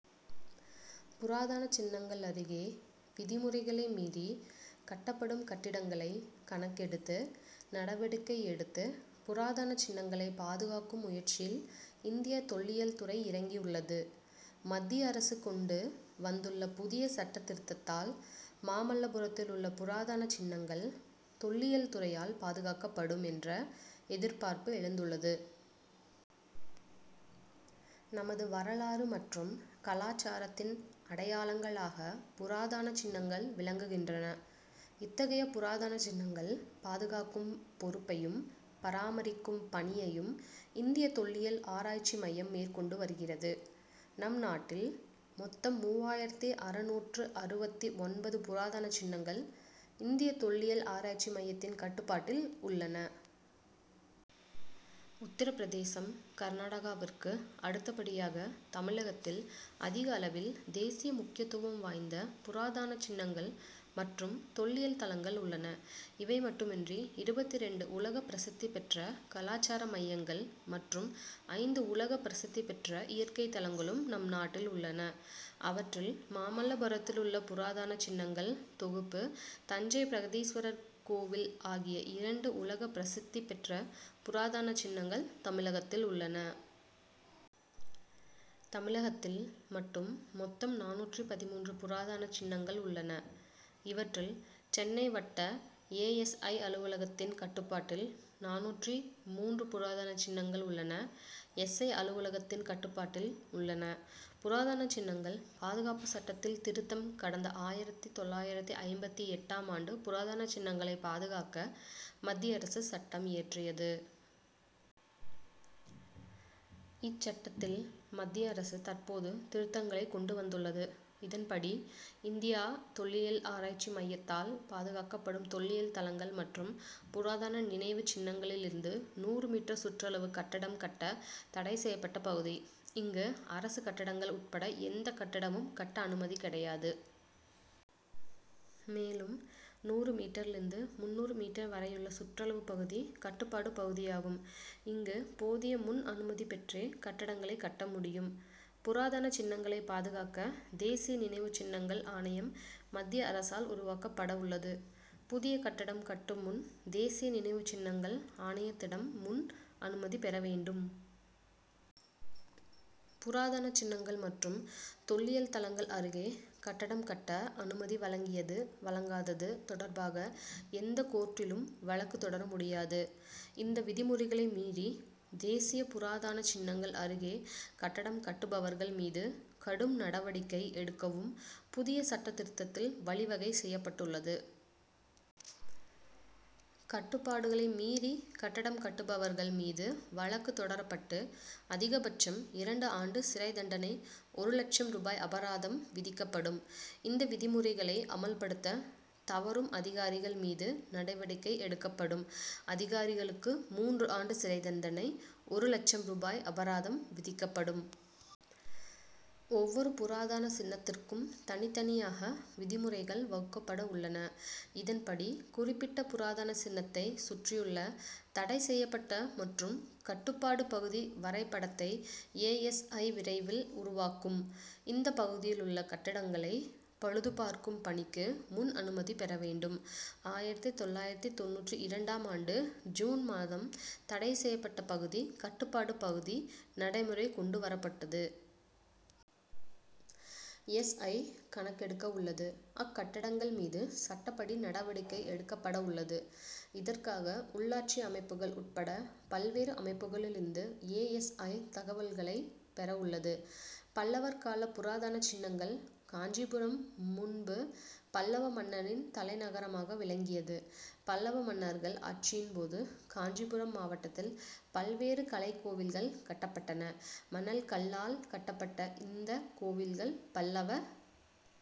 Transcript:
புராதன சின்னங்கள் அருகே விதிமுறைகளை மீறி கட்டப்படும் கட்டடங்களை கணக்கெடுத்து நடவடிக்கை எடுத்து புராதன சின்னங்களை பாதுகாக்கும் முயற்சியில் இந்திய தொல்லியல் துறை இறங்கியுள்ளது. மத்திய அரசு கொண்டு வந்துள்ள புதிய சட்டத் திருத்தத்தால் மாமல்லபுரத்திலுள்ள புராதன சின்னங்கள் தொல்லியல் துறையால் பாதுகாக்கப்படும் என்ற எதிர்பார்ப்பு எழுந்துள்ளது. நமது வரலாறு மற்றும் கலாசாரத்தின் அடையாளங்களாக புராதன சின்னங்கள் விளங்குகின்றன. இத்தகைய புராதன சின்னங்கள் பாதுகாக்கும் பொறுப்பையும் பராமரிக்கும் பணியையும் இந்திய தொல்லியல் ஆராய்ச்சி மையம் மேற்கொண்டு வருகிறது. நம்நாட்டில் மொத்தம் மூவாயிரத்து அறுநூற்று அறுபத்து ஒன்பது புராதன சின்னங்கள் இந்திய தொல்லியல் ஆராய்ச்சி மையத்தின் கட்டுப்பாட்டில் உள்ளன. உத்தரபிரதேசம் கர்நாடகாவிற்கு அடுத்தபடியாக தமிழகத்தில் அதிகளவில் தேசிய முக்கியத்துவம் வாய்ந்த புராதன சின்னங்கள் மற்றும் தொல்லியல் தலங்கள் உள்ளன. இவை மட்டுமின்றி இருபத்திரண்டு உலகப் பிரசித்தி பெற்ற கலாசார மையங்கள் மற்றும் ஐந்து உலகப் பிரசித்தி பெற்ற இயற்கை தலங்களும் நம்நாட்டில் உள்ளன. அவற்றில் மாமல்லபுரத்திலுள்ள புராதன சின்னங்கள் தொகுப்பு தஞ்சை பிரகதீஸ்வரர் கோவில் ஆகிய இரண்டு உலகப் பிரசித்தி பெற்ற புராதன சின்னங்கள் தமிழகத்தில் உள்ளன. தமிழகத்தில் மட்டும் மொத்தம் நானூற்று பதின்மூன்று புராதன சின்னங்கள் உள்ளன. இவற்றில் சென்னை வட்ட ஏ. எஸ். ஐ. அலுவலகத்தின் கட்டுப்பாட்டில் நானூற்று மூன்று புராதன சின்னங்கள் உள்ளன. எஸ். ஐ. அலுவலகத்தின் கட்டுப்பாட்டில் உள்ளன. புராதன சின்னங்கள் பாதுகாப்பு சட்டத்தில் திருத்தம் கடந்த ஆயிரத்து தொள்ளாயிரத்து ஐம்பத்து எட்டாம் ஆண்டு புராதன சின்னங்களை பாதுகாக்க மத்திய அரசு சட்டம் இயற்றியது. இச்சட்டத்தில் மத்திய அரசு தற்போது திருத்தங்களை கொண்டு வந்துள்ளது. இதன்படி இந்திய தொல்லியல் ஆராய்ச்சி மையத்தால் பாதுகாக்கப்படும் தொல்லியல் தலங்கள் மற்றும் புராதன நினைவுச் சின்னங்களிலிருந்து நூறு மீட்டர் சுற்றளவு கட்டடம் கட்ட தடை செய்யப்பட்ட பகுதி. இங்கு அரசு கட்டடங்கள் உட்பட எந்த கட்டடமும் கட்ட அனுமதி கிடையாது. மேலும் நூறு மீட்டரிலிருந்து முந்நூறு மீட்டர் வரையுள்ள சுற்றளவு பகுதி கட்டுப்பாட்டு பகுதியாகும். இங்கு போதிய முன் அனுமதி பெற்றே கட்டடங்களை கட்ட முடியும். புராதன சின்னங்களை பாதுகாக்க தேசிய நினைவு சின்னங்கள் ஆணையம் மத்திய அரசால் உருவாக்கப்படவுள்ளது. புதிய கட்டடம் கட்டும் முன் தேசிய நினைவு சின்னங்கள் ஆணையத்திடம் முன் அனுமதி பெற வேண்டும். புராதன சின்னங்கள் மற்றும் தொல்லியல் தலங்கள் அருகே கட்டடம் கட்ட அனுமதி வழங்கியது வழங்காதது தொடர்பாக எந்தக் கோர்ட்டிலும் வழக்கு தொடர முடியாது. இந்த விதிமுறைகளை மீறி தேசிய புராதன சின்னங்கள் அருகே கட்டடம் கட்டுபவர்கள் மீது கடும் நடவடிக்கை எடுக்கவும் புதிய சட்டத் திருத்தத்தில் வழிவகை செய்யப்பட்டுள்ளது. கட்டுப்பாடுகளை மீறி கட்டடம் கட்டுபவர்கள் மீது வழக்கு தொடரப்பட்டு அதிகபட்சம் இரண்டு ஆண்டு சிறை தண்டனை ஒரு லட்சம் ரூபாய் அபராதம் விதிக்கப்படும். இந்த விதிமுறைகளை அமல்படுத்த தவறும் அதிகாரிகள் மீதும் நடவடிக்கை எடுக்கப்படும். அதிகாரிகளுக்கு மூன்று ஆண்டு சிறை தண்டனை ஒரு லட்சம் ரூபாய் அபராதம் விதிக்கப்படும். ஒவ்வொரு புராதன சின்னத்திற்கும் தனித்தனியாக விதிமுறைகள் வகுக்கப்படவுள்ளன. இதன்படி குறிப்பிட்ட புராதன சின்னத்தை சுற்றியுள்ள தடை செய்யப்பட்ட மற்றும் கட்டுப்பாட்டு பகுதி வரைபடத்தை ஏ. எஸ். ஐ. விரைவில் உருவாக்கும். இந்த பகுதியிலுள்ள கட்டடங்களை பழுதுபார்க்கும் பணிக்கு முன் அனுமதி பெற வேண்டும். ஆயிரத்து தொள்ளாயிரத்து தொண்ணூற்று இரண்டாம் ஆண்டு ஜூன் மாதம் தடை செய்யப்பட்ட பகுதி கட்டுப்பாட்டு பகுதி நடைமுறை கொண்டு வரப்பட்டது. எஸ். ஐ. கணக்கெடுக்கவுள்ளது. அக்கட்டடங்கள் மீது சட்டப்படி நடவடிக்கை எடுக்கப்படவுள்ளது. இதற்காக உள்ளாட்சி அமைப்புகள் உட்பட பல்வேறு அமைப்புகளிலிருந்து ஏ. எஸ். ஐ. தகவல்களை பெறவுள்ளது. பல்லவர் கால புராதன சின்னங்கள் காஞ்சிபுரம் முன்பு பல்லவ மன்னர்களின் தலைநகரமாக விளங்கியது. பல்லவ மன்னர்கள் ஆட்சியின்போது காஞ்சிபுரம் மாவட்டத்தில் பல்வேறு கலைக்கோவில்கள் கட்டப்பட்டன. மணல் கல்லால் கட்டப்பட்ட இந்தக் கோவில்கள் பல்லவ